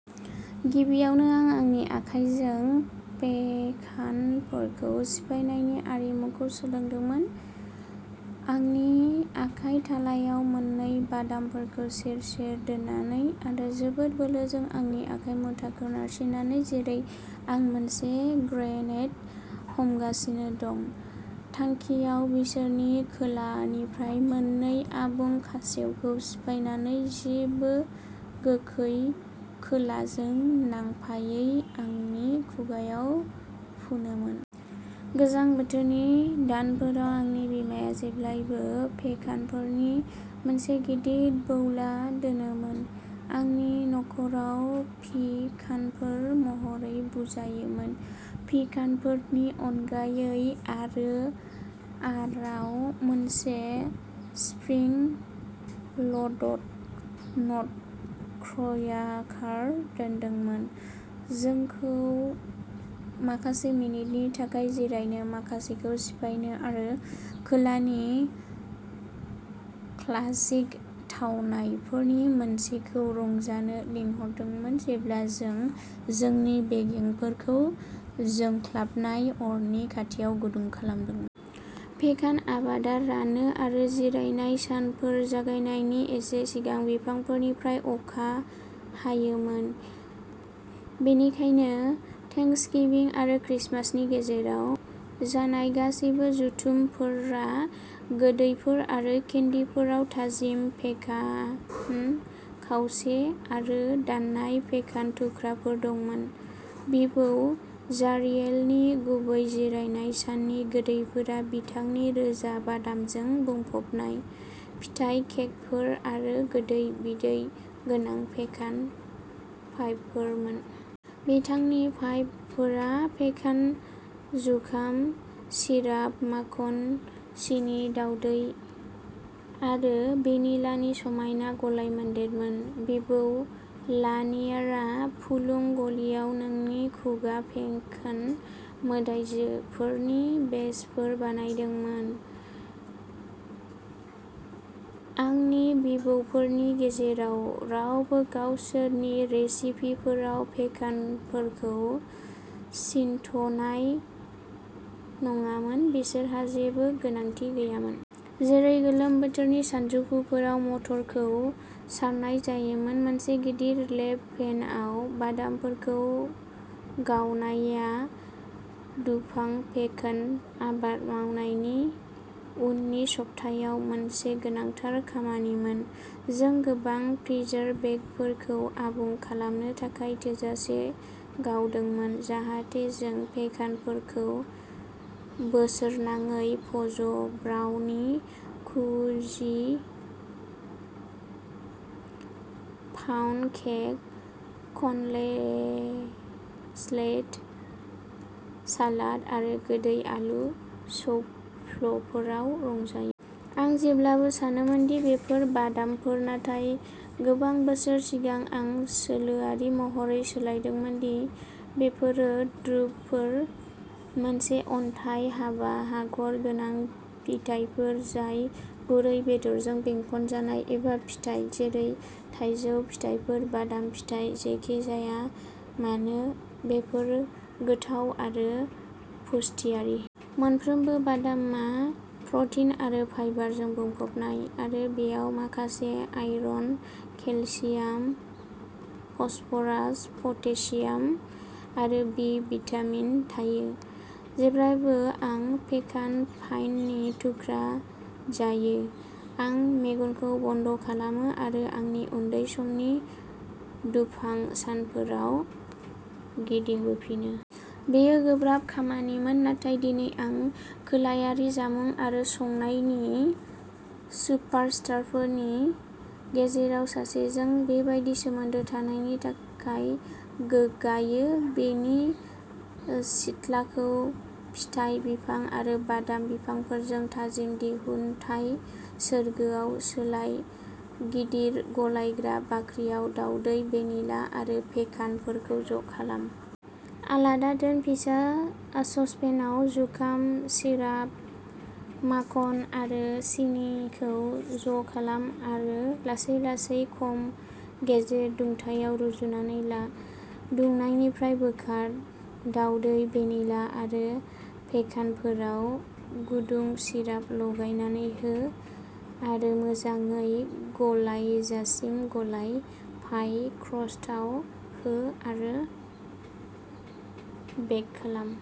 गिबियावनो आं आंनि आखाइजों पेकानफोरखौ सिफायनायनि आरिमुखौ सोलोंदोंमोन, आंनि आखाइ थालायाव मोननै बादामफोरखौ सेर-सेर दोननानै आरो जोबोद बोलोजों आंनि आखाइ मुथुखौ नारसिन्नानै, जेरै आं मोनसे ग्रेनेड हमगासिनो दं। थांखिया बिसोरनि खोलानिफ्राय मोननै आबुं खावसेखौ सिफायनानै जेबो गोखै खोलाजों नांफायै आंनि खुगायाव फुनोमोन। गोजां बोथोरनि दानफोराव, आंनि बिमाया जेब्लायबो पेकानफोरनि मोनसे गिदिर बौला दोनोमोन। आंनि नखराव पि-कानफोर महरै बुंजायोमोन, पि-कानफोरनि अनगायै आरो आराव मोनसे स्प्रिं-ल'डड नटक्र्याकार दोनदोंमोन, जोंखौ माखासे मिनिटनि थाखाय जिरायनो, माखासेखौ सिफायनो आरो खोलानि क्लासिक थावनायफोरनि मोनसेखौ रंजानो लिंहरदोंमोन, जेब्ला जों जोंनि बेगेंफोरखौ जोंख्लाबनाय अरनि खाथियाव गुदुं खालामदोंमोन। पेकान आबादा रानो आरो जिरायनाय सानफोर जागायनायनि एसे सिगां बिफांफोरनिफ्राय अखा हायोमोन, बेनिखायनो थेंक्सगिविं आरो क्रिसमासनि गेजेराव जानाय गासैबो जथुमफोरा गोदैफोर आरो केन्डिफोराव थाजिम पेकान खावसे आरो दाननाय पेकान थुख्राफोर दंमोन। बिबौ जारियेलनि गुबै जिरायनाय साननि गोदैफोरा बिथांनि रोजा, बादामजों बुंफबनाय फिथाइ केकफोर आरो गोदै, बिदै गोनां पेकान पाइफोरमोन। बिथांनि पाइफोरा पेकान, जुखाम सिराप, माखन, सिनि, दावदै आरो भेनिलानि समायना गलायमोनदेरमोन। बिबौ लानियारआ फुलुं, गलिनाय नोंनि खुगा पेकान मोदायजोफोरनि बेचफोर बानायदोंमोन। आंनि बिबौफोरनि गेजेराव रावबो गावसोरनि रेसिपिफोराव पेकानफोरखौ सिनथ'नाय नङामोन बिसोरहा जेबो गोनांथि गैयामोन। जेरै गोलोम बोथोरनि सानजौफुफोराव मटरखौ सारनाय जायोमोन, मोनसे गिदिर लेप पेनआव बादामफोरखौ गावनाया दुफां पेकान आबाद मावनायनि उननि सप्तायाव मोनसे गोनांथार खामानिमोन। जों गोबां फ्रिजार बेगफोरखौ आबुं खालामनो थाखाय थोजासे गावदोंमोन जाहाथे जों पेकानफोरखौ बोसोरनाङै fudge, brownie, cookies, pound cake, congealed salad आरो गोदै आलु सौफ्लफोराव रंजायो। आं जेब्लाबो सानोमोन दि बेफोर बादामफोर, नाथाय गोबां बोसोर सिगां, आं सोलोआरि महरै सोलायदोंमोन दि बेफोरो द्रुपफोर मोनसे अन्थाइ हाबा हाखर गोनां फिथाइफोर जाय गुरै बेदरजों बेंखनजानाय एबा फिथाइ, जेरै-थाइजौ फिथाफोर। बादाम, फिथाइ, जेखि जाया मानो, बेफोर गोथाव आरो पुष्टियारि। मोनफ्रोमबो बादामआ प्रटिन आरो फाइबारजों बुंफबनाय आरो बेयाव माखासे आयरन, केलसियाम, फस्फरास, पटेसियाम आरो बि भिटामिन थायो। जेब्लानो आं पेकान पाइनि थुख्रा जायो, आं मेगनखौ बन्द' खालामो आरो आंनि उन्दै समनि दुफां सानफोराव गिदिंबोफिनो। बेयो गोब्राब खामानिमोन नाथाय दिनै आं खोलायारि जामुं आरो संनायनि सुपारस्टारफोरनि गेजेराव सासेजों बेबादि सोमोन्दो थानायनि थाखाय गोग्गायो। बेनि सिथ्लाखौ फिथाइ बिफां आरो बादाम बिफांफोरजों थाजिम दिहुनथाय सोरगोआव सोलाय। गिदिर गलायग्रा बाख्रियाव, दावदै, भेनिला आरो पेकानफोरखौ ज' खालाम। आलादा दोन। फिसा सस पेनआव जुखाम सिराप, माखन आरो सिनिखौ ज'खालाम आरो लासै-लासै खम-गेजेर दुंथायाव रुनानै ला। दुंनायनिफ्राय बोखार। दावदै, भेनिला आरो पेकानफोराव गुदुं सिराप गलायनानै हो, आरो मोजाङै गलायजासिम गलाय। पाइ क्रस्टआव हो आरो बेक खालाम।